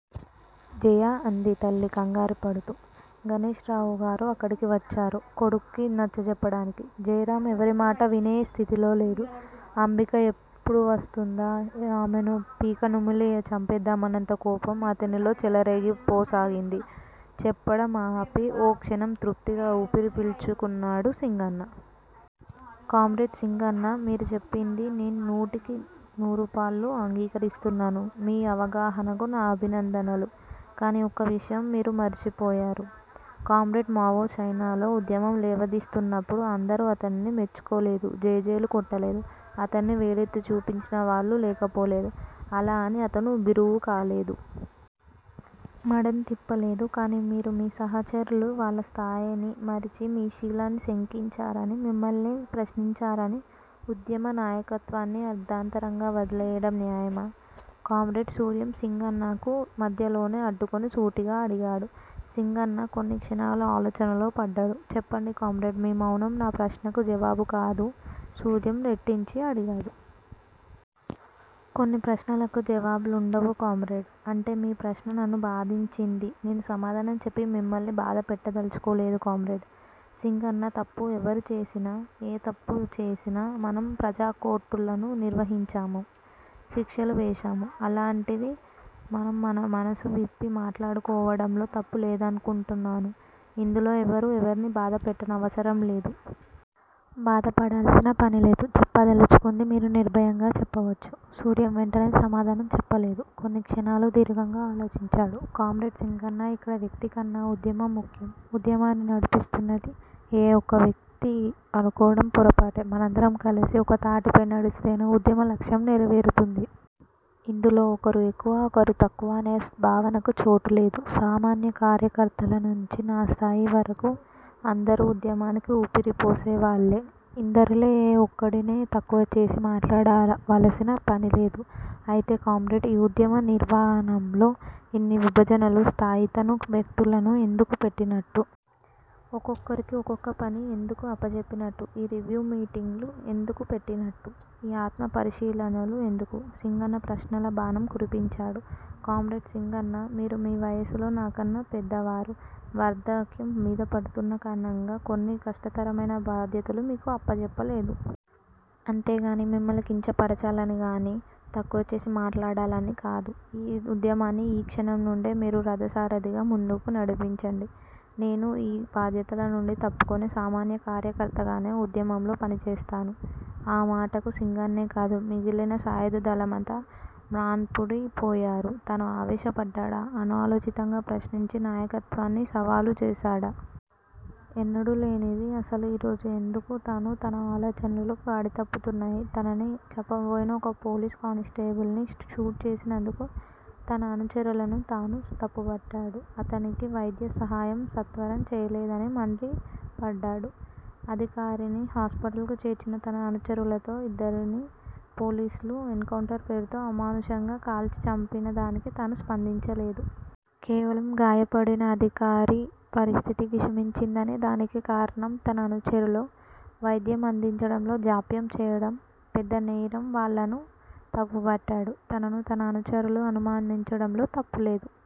జయా! అంది తల్లి కంగారుపడుతూ, గణేశ్ రావు గారు అక్కడికి వచ్చారు, కొడుక్కి నచ్చచెప్పడానికి. జయరామ్ ఎవరిమాటా వినే స్థితిలో లేడు. అంబిక ఎప్పుడు వస్తుందా, ఆమెను పీకనుమిలి చంపేద్దామన్నంత కోపం అతనిలో చెలరేగిపోసాగింది. చెప్పడం ఆపి ఓ క్షణం తృప్తిగా ఊపిరి పీల్చుకున్నాడు సింగన్న. కామ్రేడ్ సింగన్న మీరు చెప్పింది నేను నూటికి నూరుపాళ్ళు అంగీకరిస్తున్నాను. మీ అవగహానకు నా భినందనలు. కాని ఒక్క విషయం మీరు మరచిపోయారు. కామ్రేడ్ మావో చైనాలో ఉద్యమం లేవాదీస్తున్నప్పుడు అందరూ అతనిని మెచ్చుకోలేదు. జైజేలు కొట్టలేదు. అతన్ని వేలెత్తి చూపించిన వాళ్ళు లేకపోలేదు. అలా అని అతను బిరువుకాలేదు. మడం తిప్పలేదు. కానీ మీరు మీ సహచరులు వాళ్ళ స్థాయిని మరచి మీ శీలాన్ని శకించారని, మిమ్మల్నే ప్రశ్నించారని ఉద్యమ నాయకత్వాన్ని అర్దారంతరంగా వదిలివేయడం న్యాయమా? కామ్రేడ్ సూర్యం సింగన్నకు మధ్యలోనే అడ్డుకుని సూటిగా అడిగాడు. సింగన్న కొన్ని క్షణాలు ఆలోచనల్లో పడ్డాడు. చెప్పండి కామ్రేడ్ మీ మౌనం నా ప్రశ్నకు జవాబు కాదు సూర్యం రెట్టించి అడిగాడు. కొన్ని ప్రశ్నలకు జావాబులుండవు కామ్రేడ్ అంటే మీ ప్రశ్న నన్ను బాధించింది నేను సమాధానం చెప్పి మిమ్మల్ని బాధపెట్టదలచుకోలేదు కామ్రేడ్ సింగన్నా తప్పు ఎవరు చేసినా, ఏ తప్పుచేసినా మనం ప్రజాకోర్టులను నిర్వహించాము. శిక్షలు వేశాము. అలాంటిది మనం మనసు విప్పి మాట్లాడుకోవడంలో తప్పులేదనుకుంటాను. ఇందులో ఎవ్వరూ ఎవ్వరిని బాధపెట్టనవసరం లేదు. బాధపడాల్సిన పనిలేదు. చెప్పదలచుకుంది మీరు నిర్భయంగా చెప్పవచ్చు. సూర్యం వెంటనే సమాధానం చెప్పలేదు. కొన్నిక్షణాలు దీర్ఘంగా అలోచించాడు. కామ్రేడ్ సింగన్న ఇక్కడ వ్యక్తికన్నా ఉద్యమం ముఖ్యం. ఉద్యమాన్ని నడిపిస్తున్నది ఏ ఒక్క వ్యక్తి అనుకోవడం పొరపాటే! మనందరం కలసి ఒక తాటిపై నడిపిస్తేనే ఉద్యమ లక్ష్యం నెరవేరుతుంది. ఇందులో ఒకరు ఎక్కువ ఒకరు తక్కువ అనే భావనకి చోటు లేదు. సామాన్య కార్యకర్తనుంచి న స్థాయివరకు అందరూ ఉద్యమానికి ఊపిరిపోసేవాళ్ళే. ఇందరిలో ఏ ఒక్కడిని తక్కువచేసి మాట్లాడావలసిన పనిలేదు అయితే కామ్రేడ్ ఈ ఉద్యమ నిర్వాణంలో ఇన్ని విభజనులు, స్థాయితను వ్యక్తులను ఎందుకు పేట్టినట్టు? ఒక్కొక్కరికి ఒక్కొక్క పని ఎందుకు అప్పజెప్పి నట్టు? ఈ రివ్యూ మీటింగులు ఎందుకు పెట్టినట్టు? ఈ ఆత్మ పరీశీలనలు ఎందుకు? సింగన్న ప్రశ్నల బాణం కురిపించాడు. కామ్రేడ్ సింగన్న మీరు వయసులో నాకన్నా పెద్దవారు వార్ధక్యం మీదపడుతున్న కారణంగా కొన్ని కష్టతరమైన బాధ్యతలు మీకు అప్పజెప్పలేదు. అంతేకాని మిమ్మల్ని కించపరచాలనిగాని, తక్కువచేసి మాట్లాడాలని కాదు. ఈ ఉద్యమాన్ని ఈ క్షణం నుండే మీరు రధసారిధిగా ముందుకు నడిపించండి. నేను ఈ బాధ్యతల నుండి తప్పుకుని సామాన్య కార్యకర్తగానే ఉద్యమంలో పనిచేస్తాను ఆ మాటలకు సింగన్నేకాదు. మిగిలిన సాయుధలంతా మ్రాన్పుడిపోయారు. తను ఆవేశపడ్డాడా? అనాలోచితంగా ప్రశ్నించి నాయకత్వన్ని సవాలు చేశాడా? ఎన్నడూ లేనిది అసలు ఈ రోజు ఎమ్దుకు తను, తన ఆలోచనలు గాడి తప్పుతున్నాయి. తనని చంపబోయిన ఓ పోలీసు కానిస్టేబుల్ ని ఘాట్ చేసినందుకు తన అనుచరులను తను తప్పుబట్టాడు. అతనికి వైద్య సహాయం సత్వరం చేయలేదని మండిపడ్డాడు. అధికారిని హాస్పిటల్ కు చేర్చిన తన అనుచరులతో ఇద్దరినీ పోలీసులు ఎన్ కౌంటర్ పేరుతో అమానుషంగా కాల్చి చంపినాదానికి తను స్పందించలేదు. కేవలం గయాపడిన అధికారి పరిస్థితి విషమించిందని, దానికి కారణం తన అనుచరులు వైద్యం అందించడంలో జాప్యంచేయడం పెద్దనేరం వాళ్ళని తప్పుబట్టాడు. తనను తన అనుచరులు అనుమానించడంలో తప్పులేదు